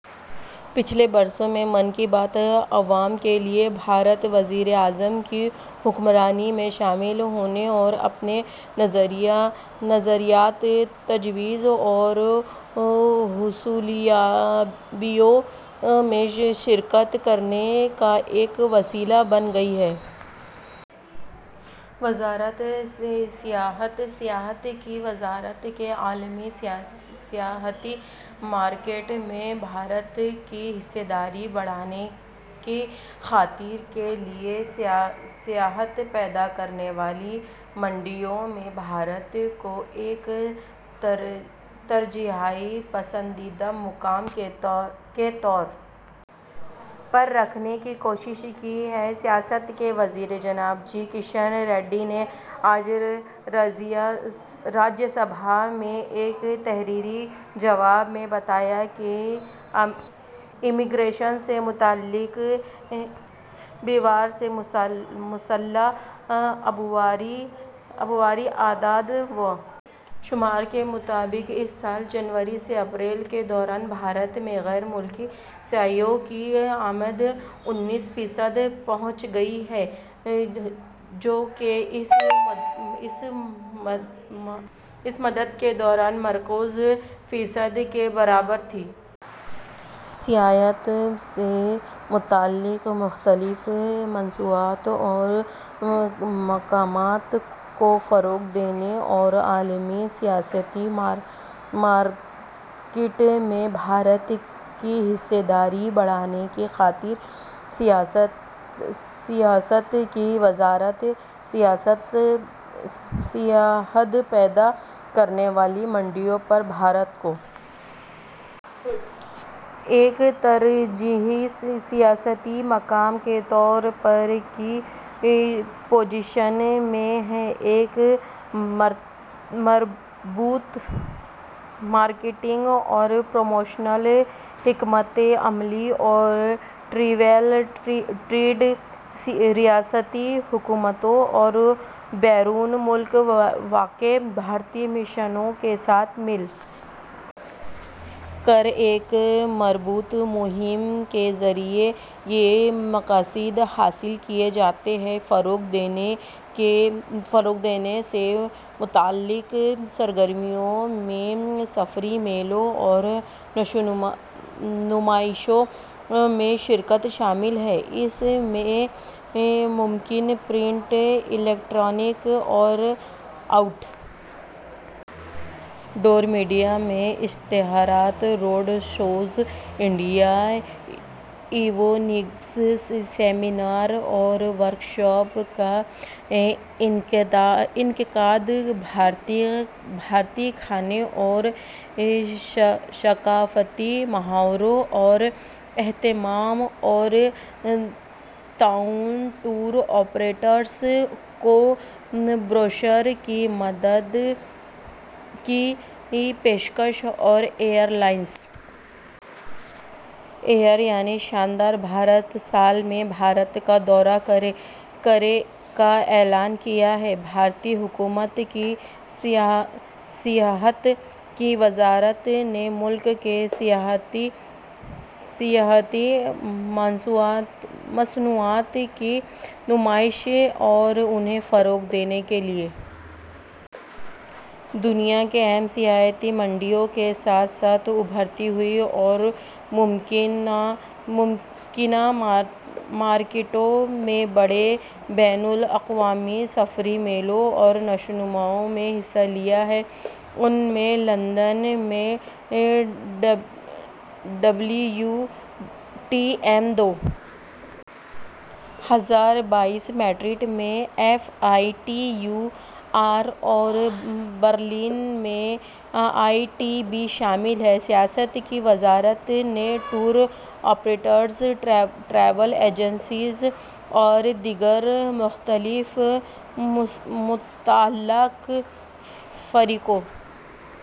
پچھلے برسوں میں من کی بات عوام کے لیے بھارت کے وزیر اعظم کی حکمرانی میں شامل ہونے اور اپنے نظریات تجاویز اور حصولیابیوں میں شرکت کرنے کا ایک وسیلہ بن گئی ہے وزارت سیاحت سیاحت کی وزارت نے عالمی سیاحتی مارکیٹ میں بھارت کی حصہ داری بڑھانے کی خاطر کے لیے سیاحت پیدا کرنے والی منڈیوں میں بھارت کو ایک ترجیحی پسندیدہ مقام کے طور پر رکھنے کی کوشش کی ہے سیاحت کے وزیر جناب جی کشن ریڈی نے آج راجیہ سبھا میں ایک تحریری جواب میں بتایا کہ امیگریشن سے متعلق بیورو سے موصولہ عبوری اعداد و شمار کے مطابق اس سال جنوری سے اپریل کے دوران بھارت میں غیر ملکی سیاحوں کی آمد اناسی فیصد پہنچ گئی ہے جو کہ اسی مدت کے دوران مذکورہ فیصد کے برابر تھی سیاحت سے متعلق مختلف مصنوعات اور مقامات کو فروغ دینے اور عالمی سیاحتی مارکیٹ میں بھارت کی حصہ داری بڑھانے کی خاطر سیاحت کی وزارت سیاحت پیدا کرنے والی منڈیوں میں بھارت کو ایک ترجیحی سیاحتی مقام کے طور پر رکھنے کی پوزیشن میں ہے ایک مربوط مارکیٹنگ اور پروموشنل حکمت عملی اور ٹریول ٹریڈ ریاستی حکومتوں اور بیرون ملک واقع بھارتی مشنوں کے ساتھ مل کر ایک مربوط مہم کے ذریعے یہ مقاصد حاصل کیے جاتے ہیں فروغ دینے سے متعلق سرگرمیوں میں سفری میلوں اور نمائشوں میں شرکت شامل ہے اس میں مقامی پرنٹ الیکٹرانک اور آؤٹ ڈور میڈیا میں اشتہارات road shows India evenings seminar اور ورکشاپس کا انعقاد بھارتی کھانے اور ثقافتی تہواروں کا اہتمام اور تعاون ٹور آپریٹرز کو بروشر کی مدد کی پیشکش اور ایئر لائنز ایئر یعنی شاندار بھارت سال میں بھارت کا دورہ کریں کا اعلان کیا ہے بھارتی حکومت کی سیاحت کی وزارت نے ملک کے سیاحتی مصنوعات کی نمائش اور انہیں فروغ دینے کے لیے دنیا کے اہم سیاحتی منڈیوں کے ساتھ ساتھ ابھرتی ہوئی اور ممکنہ مارکیٹوں میں بڑے بین الاقوامی سفری میلوں اور نمائشوں میں حصہ لیا ہے ان میں لندن میں ڈبلیو ٹی ایم دو ہزار بائیس میڈرڈ میں F I T U R اور برلن میں آئی ٹی بی شامل ہیں سیاحت کی وزارت نے ٹور آپریٹرز ٹریول ایجنٹس اور دیگر مختلف متعلقہ فریقوں